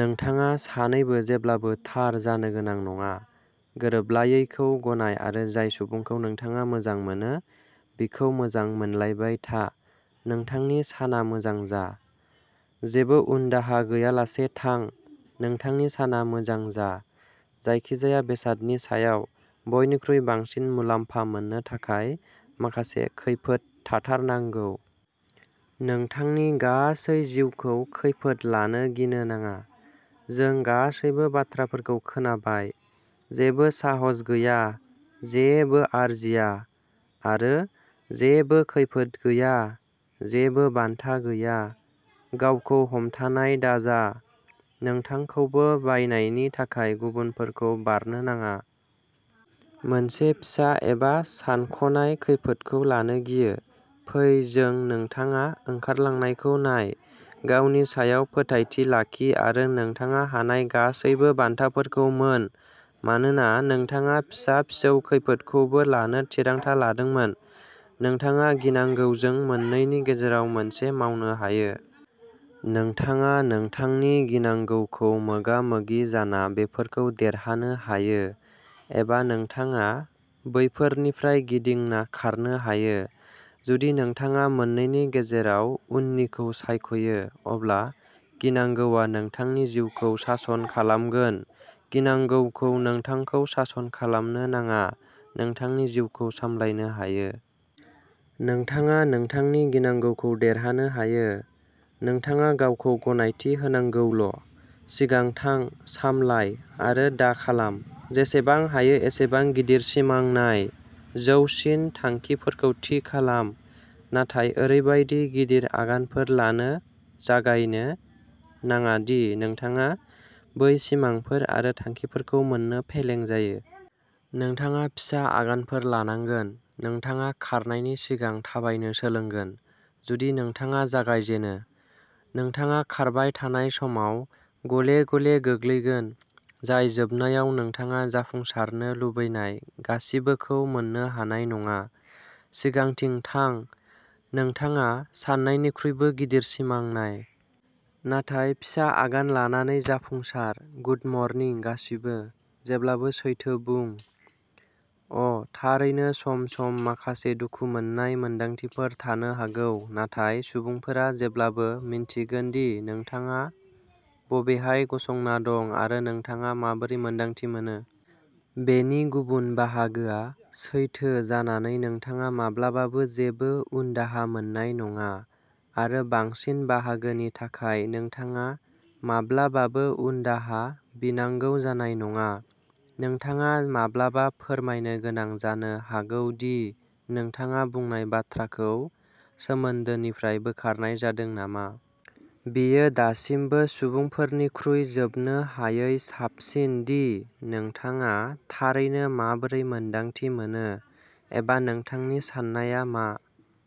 नोंथाङा सानैबो जेब्लाबो थार जानो गोनां नङा। गोरोबलायैखौ गनाय आरो जाय सुबुंखौ नोंथाङा मोजां मोनो, बिखौ मोजां मोनलायबाय था। नोंथांनि साना मोजां जा। जेबो उनदाहा गैयालासे थां। नोंथांनि साना मोजां जा। जायखिजाया बेसादनि सायाव बयनिख्रुइ बांसिन मुलाम्फा मोननो थाखाय, माखासे खैफोद थाथारनांगौ। नोंथांनि गासै जिउखौ खैफोद लानो गिनो नाङा। जों गासैबो बाथ्राफोरखौ खोनाबाय। "जेबो साहस गैया, जेबो आरजिया। " आरो, "जेबो खैफोद गैया, जेबो बान्था गैया। " गावखौ हमथानाय दाजा। नोंथांखौबो बायनायनि थाखाय गुबुनफोरखौ बारनो नाङा। मोनसे फिसा, एबा सानख'नाय खैफोदखौ लानो गियो। फै जों नोंथाङा ओंखारलांनायखौ नाय, गावनि सायाव फोथायथि लाखि आरो नोंथाङा हानाय गासैबो बान्थाफोरखौ मोन मानोना नोंथाङा फिसा-फिसौ खैफोदखौबो लानो थिरांथा लादोंमोन। नोंथाङा गिनांगौजों मोननैनि गेजेराव मोनसे मावनो हायो। नोंथाङा नोंथांनि गिनांगौखौ मोगा-मोगि जाना बेफोरखौ देरहानो हायो, एबा नोंथाङा बैफोरनिफ्राय गिदिंना खारनो हायो। जुदि नोंथाङा मोन्नैनि गेजेराव उननिखौ सायख'यो, अब्ला गिनांगौआ नोंथांनि जिउखौ सासन खालामगोन। गिनांगौखौ नोंथांखौ सासन खालामनो नाङा। नोंथांनि जिउखौ सामलायनो हायो। नोंथाङा नोंथांनि गिनांगौखौ देरहानो हायो। नोंथाङा गावखौ गनायथि होनांगौल'। सिगां थां। सामलाय, आरो दा खालाम। जेसेबां हायो एसेबां गिदिर सिमां नाय। जौसिन थांखिफोरखौ थि खालाम। नाथाय ओरैबायदि गिदिर आगानफोर लानो जागायनो नाङा दि नोंथाङा बै सिमांफोर आरो थांखिफोरखौ मोन्नो फेलें जायो। नोंथाङा फिसा आगानफोर लानांगोन। नोंथाङा खारनायनि सिगां थाबायनो सोलोंगोन। जुदि नोंथाङा जागायजेनो। नोंथाङा खारबाय थानाय समाव, गले-गले गोग्लैगोन, जाय जोबनायाव नोंथाङा जाफुंसारनो लुबैनाय गासिबोखौ मोन्नो हानाय नङा। सिगांथिं थां। नोंथाङा साननायनिख्रुइबो गिदिर सिमां नाय। नाथाय फिसा आगान लानानै जाफुंसार। गुड मर्निं गासिबो। जेब्लाबो सैथो बुं। अ'थारैनो सम-सम माखासे दुखु मोननाय मोनदांथिफोर थानो हागौ, नाथाय सुबुंफोरा जेब्लाबो मिन्थिगोन दि नोंथाङा बबेहाय गसंना दं आरो नोंथाङा माबोरै मोन्दांथि मोनो। बेनि गुबुन बाहागोआ, सैथो जानानै नोंथाङा माब्लाबाबो जेबो उनदाहा मोननाय नङा आरो बांसिन बाहागोनि थाखाय नोंथाङा माब्लाबाबो उनदाहा बिनांगौ जानाय नङा। नोंथाङा माब्लाबा फोरमायनो गोनां जानो हागौ दि नोंथाङा बुंनाय बाथ्राखौ सोमोन्दोनिफ्राय बोखारनाय जादों नामा। बेयो दासिमबो सुबुंफोरनिख्रुइ जोबनो हायै साबसिन दि नोंथाङा थारैनो माबोरै मोन्दांथि मोनो, एबा नोंथांनि साननाया मा।